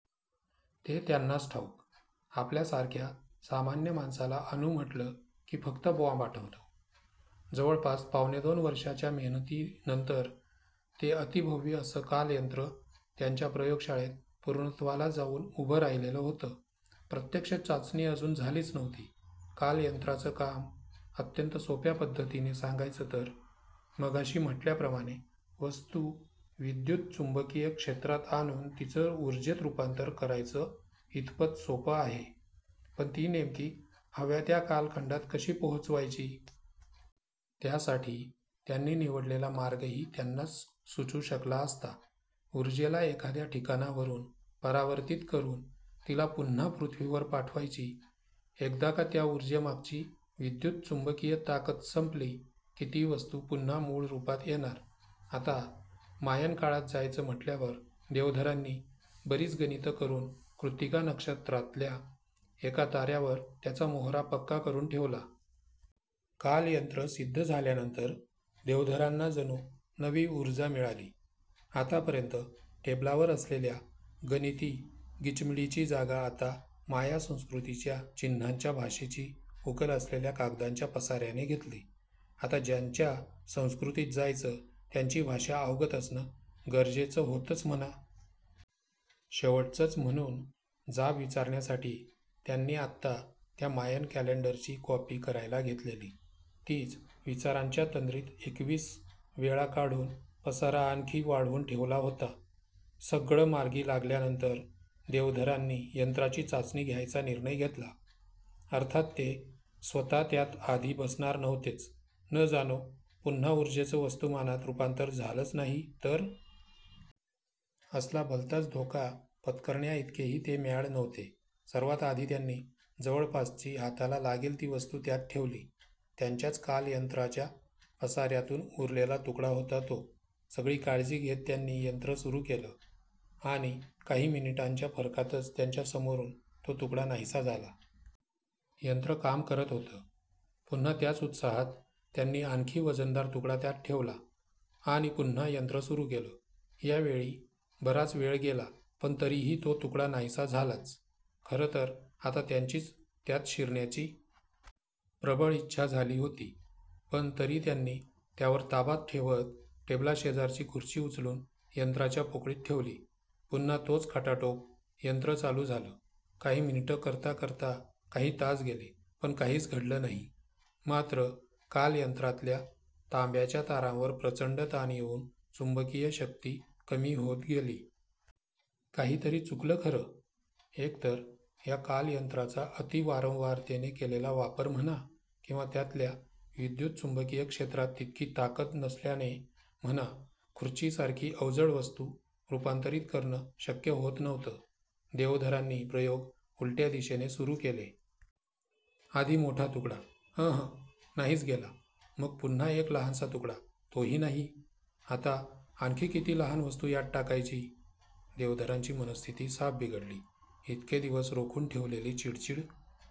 ते त्यांनाच ठाऊक, आपल्यासारख्या सामान्य माणसाला अणू म्हटलं की फक्त बॉम्ब आठवतो. जवळपास पावणेदोन वर्षाच्या मेहनतीनंतर ते अतिभव्य असं कालयंत्र त्यांच्या प्रयोगशाळेत पूर्णत्वाला जाऊन उभं राहिलेलं होतं. प्रत्यक्ष चाचणी अजून झालीच नव्हती. कालयंत्राचं काम अत्यंत सोप्या पद्धतीने सांगायचं तर, मघाशी म्हटल्याप्रमाणे वस्तू विद्युतचुंबकीय क्षेत्रात आणून तिचं ऊर्जेत रूपांतर करायचं इथपत सोपं आहे पण ती नेमकी हव्या त्या कालखंडात कशी पोहोचवायची? त्यासाठी त्यांनी निवडलेला मार्गही त्यांनाच सुचू शकला असता. ऊर्जेला एखाद्या ठिकाणावरून परावर्तित करून तिला पुन्हा पृथ्वीवर पाठवायची. एकदा का त्या ऊर्जेमागची विद्युतचुंबकीय ताकद संपली की ती वस्तू पुन्हा मूळ रूपात येणार. आता मायन काळात जायचं म्हटल्यावर देवधरांनी बरीच गणितं करून कृत्तिका नक्षत्रातल्या एका ताऱ्यावर त्याचा मोहरा पक्का करून ठेवला. कालयंत्र सिद्ध झाल्यानंतर देवधरांना जणू नवी ऊर्जा मिळाली. आतापर्यंत टेबलावर असलेल्या गणिती गिचमिडीची जागा आता माया संस्कृतीच्या चिन्हांच्या भाषेची उकल असलेल्या कागदांच्या पसाऱ्याने घेतली. आता ज्यांच्या संस्कृतीत जायचं त्यांची भाषा अवगत असणं गरजेचं होतंच म्हणा. शेवटचंच म्हणून जाब विचारण्यासाठी त्यांनी आत्ता त्या मायन कॅलेंडरची कॉपी करायला घेतलेली, तीच विचारांच्या तंद्रीत एकवीस वेळा काढून पसारा आणखी वाढवून ठेवला होता. सगळं मार्गी लागल्यानंतर देवधरांनी यंत्राची चाचणी घ्यायचा निर्णय घेतला. अर्थात ते स्वतः त्यात आधी बसणार नव्हतेच, न जाणो पुन्हा ऊर्जेचं वस्तुमानात रूपांतर झालंच नाही तर? असला भलताच धोका पत्करण्याइतकेही ते मॅड नव्हते. सर्वात आधी त्यांनी जवळपासची हाताला लागेल ती वस्तू त्यात ठेवली, त्यांच्याच कालयंत्राच्या पसाऱ्यातून उरलेला तुकडा होता तो. सगळी काळजी घेत त्यांनी यंत्र सुरू केलं आणि काही मिनिटांच्या फरकातच त्यांच्या समोरून तो तुकडा नाहीसा झाला. यंत्र काम करत होतं. पुन्हा त्याच उत्साहात त्यांनी आणखी वजनदार तुकडा त्यात ठेवला आणि पुन्हा यंत्र सुरू केलं. यावेळी बराच वेळ गेला पण तरीही तो तुकडा नाहीसा झालाच. खरंतर आता त्यांचीच त्यात शिरण्याची प्रबळ इच्छा झाली होती, पण तरी त्यांनी त्यावर ताबा ठेवत टेबलाशेजारची खुर्ची उचलून यंत्राच्या पोकळीत ठेवली, पुन्हा तोच खटाटोप यंत्र चालू झालं काही मिनिटं करता करता काही तास गेले पण काहीच घडलं नाही, मात्र कालयंत्रातल्या तांब्याच्या तारांवर प्रचंड ताण येऊन चुंबकीय शक्ती कमी होत गेली. काहीतरी चुकलं खरं, एकतर या कालयंत्राचा अती वारंवारतेने केलेला वापर म्हणा किंवा त्यातल्या विद्युतचुंबकीय क्षेत्रात तितकी ताकद नसल्याने म्हणा खुर्चीसारखी अवजड वस्तू रूपांतरित करणं शक्य होत नव्हतं. देवधरांनी प्रयोग उलट्या दिशेने सुरू केले. आधी मोठा तुकडा, अं हं नाहीच गेला, मग पुन्हा एक लहानसा तुकडा तो ही नाही. आता आणखी किती लहान वस्तू यात टाकायची? देवधरांची मनःस्थिती साफ बिघडली, इतके दिवस रोखून ठेवलेली चिडचिड